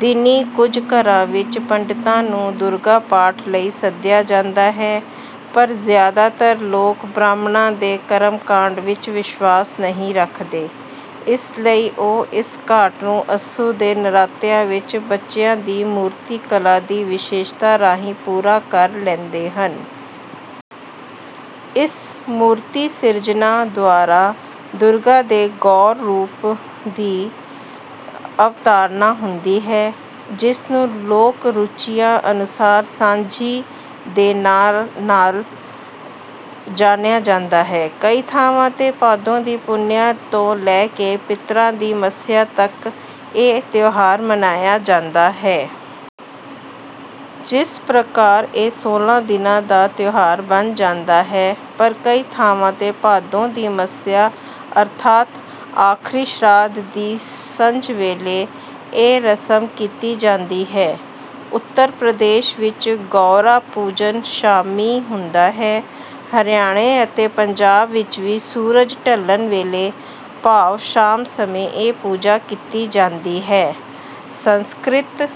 ਦਿਨੀਂ ਕੁਝ ਘਰਾਂ ਵਿੱਚ ਪੰਡਿਤਾਂ ਨੂੰ ਦੁਰਗਾ ਪਾਠ ਲਈ ਸੱਦਿਆ ਜਾਂਦਾ ਹੈ, ਪਰ ਜ਼ਿਆਦਾਤਰ ਲੋਕ ਬ੍ਰਾਹਮਣਾਂ ਦੇ ਕਰਮ-ਕਾਂਡ ਵਿੱਚ ਵਿਸ਼ਵਾਸ ਨਹੀਂ ਰੱਖਦੇ। ਇਸ ਲਈ ਉਹ ਇਸ ਘਾਟ ਨੂੰ ਅੱਸੂ ਦੇ ਨਰਾਤਿਆਂ ਵਿੱਚ ਬੱਚਿਆਂ ਦੀ ਮੂਰਤੀ-ਕਲਾ ਦੀ ਵਿਸ਼ੇਸ਼ਤਾ ਰਾਹੀਂ ਪੂਰਾ ਕਰ ਲੈਂਦੇ ਹਨ। ਇਸ ਮੂਰਤੀ-ਸਿਰਜਣਾ ਦੁਆਰਾ ਦੁਰਗਾ ਦੇ ਗੌਰ ਰੂਪ ਦੀ ਅਵਤਾਰਣਾ ਹੁੰਦੀ ਹੈ, ਜਿਸ ਨੂੰ ਲੋਕ-ਰੁਚੀਆਂ ਅਨੁਸਾਰ ‘ਸਾਂਝੀ’ ਦੇ ਨਾਂ ਨਾਲ ਜਾਣਿਆ ਜਾਂਦਾ ਹੈ। ਕਈ ਥਾਵਾਂ ’ਤੇ ਭਾਦੋਂ ਦੀ ਪੁੰਨਿਆਂ ਤੋਂ ਲੈ ਕੇ ਪਿਤਰਾਂ ਦੀ ਮੱਸਿਆ ਤੱਕ ਇਹ ਤਿਉਹਾਰ ਮਨਾਇਆ ਜਾਂਦਾ ਹੈ। ਜਿਸ ਪ੍ਰਕਾਰ ਇਹ ਸੋਲ੍ਹਾਂ ਦਿਨਾਂ ਦਾ ਤਿਉਹਾਰ ਬਣ ਜਾਂਦਾ ਹੈ। ਪਰ ਕਈ ਥਾਵਾਂ ’ਤੇ ਭਾਦੋਂ ਦੀ ਮੱਸਿਆ, ਅਰਥਾਤ ਆਖ਼ਰੀ ਸ਼ਰਾਧ ਦੀ ਸੰਝ ਵੇਲੇ, ਇਹ ਰਸਮ ਕੀਤੀ ਜਾਂਦੀ ਹੈ। ਉੱਤਰ ਪ੍ਰਦੇਸ਼ ਵਿੱਚ ਗੌਰਾ-ਪੂਜਨ ਸ਼ਾਮੀਂ ਹੁੰਦਾ ਹੈ ਹਰਿਆਣੇ ਅਤੇ ਪੰਜਾਬ ਵਿੱਚ ਵੀ ਸੂਰਜ ਢਲਣ ਵੇਲੇ, ਭਾਵ ਸ਼ਾਮ ਸਮੇਂ, ਇਹ ਪੂਜਾ ਕੀਤੀ ਜਾਂਦੀ ਹੈ। ਸੰਸਕ੍ਰਿਤ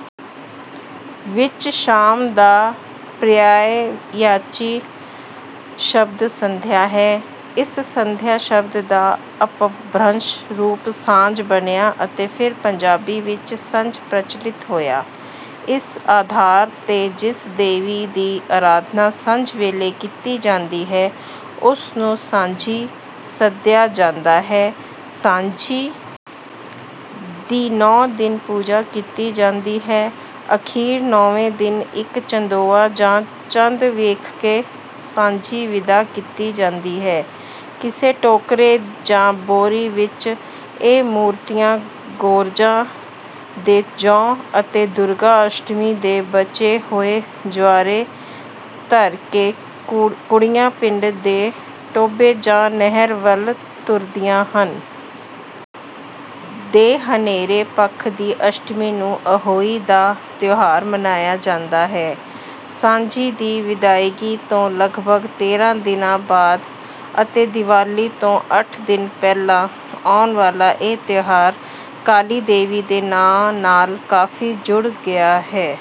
ਵਿੱਚ ‘ਸ਼ਾਮ’ ਦਾ ਪ੍ਰਯਾਇਵਾਚੀ ਸ਼ਬਦ ‘ਸੰਧਿਆ’ ਹੈ। ਇਸ ‘ਸੰਧਿਆ’ ਸ਼ਬਦ ਦਾ ਅਪਭ੍ਰੰਸ਼ ਰੂਪ ‘ਸਾਂਝ’ ਬਣਿਆ ਅਤੇ ਫਿਰ ਪੰਜਾਬੀ ਵਿੱਚ ‘ਸੰਝ’ ਪ੍ਰਚਲਿਤ ਹੋਇਆ। ਇਸ ਆਧਾਰ ’ਤੇ ਜਿਸ ਦੇਵੀ ਦੀ ਅਰਾਧਨਾ ਸੰਝ ਵੇਲੇ ਕੀਤੀ ਜਾਂਦੀ ਹੈ, ਉਸ ਨੂੰ ‘ਸਾਂਝੀ’ ਸੱਦਿਆ ਜਾਂਦਾ ਹੈ। ਸਾਂਝੀ ਦੀ ਨੌਂ ਦਿਨ ਪੂਜਾ ਕੀਤੀ ਜਾਂਦੀ ਹੈ। ਅਖ਼ੀਰ ਨੌਵੇਂ ਦਿਨ ਇੱਕ ਚੰਦੋਆ ਜਾਂ ਚੰਦ ਵੇਖ ਕੇ ‘ਸਾਂਝੀ’ ਵਿਦਾ ਕੀਤੀ ਜਾਂਦੀ ਹੈ। ਕਿਸੇ ਟੋਕਰੇ ਜਾਂ ਬੋਰੀ ਵਿੱਚ ਇਹ ਮੂਰਤੀਆਂ, ਗੋਰਜਾਂ ਦੇ ਜੌਂ ਅਤੇ ਦੁਰਗਾ ਅਸ਼ਟਮੀ ਦੇ ਬਚੇ ਹੋਏ ਜਵਾਰੇ ਧਰ ਕੇ ਕੁੜੀਆਂ ਪਿੰਡ ਦੇ ਟੋਭੇ ਜਾਂ ਨਹਿਰ ਵੱਲ ਤੁਰਦੀਆਂ ਹਨ। ਦੇ ਹਨੇਰੇ ਪੱਖ ਦੀ ਅਸ਼ਟਮੀ ਨੂੰ ‘ਅਹੋਈ’ ਦਾ ਤਿਉਹਾਰ ਮਨਾਇਆ ਜਾਂਦਾ ਹੈ। ਸਾਂਝੀ ਦੀ ਵਿਦਾਇਗੀ ਤੋਂ ਲਗਭਗ ਤੇਰ੍ਹਾਂ ਦਿਨਾਂ ਬਾਅਦ ਅਤੇ ਦੀਵਾਲੀ ਤੋਂ ਅੱਠ ਦਿਨ ਪਹਿਲਾਂ ਆਉਣ ਵਾਲਾ ਇਹ ਤਿਉਹਾਰ ਕਾਲੀ ਦੇਵੀ ਦੇ ਨਾਂ ਨਾਲ ਕਾਫ਼ੀ ਜੁੜ ਗਿਆ ਹੈ।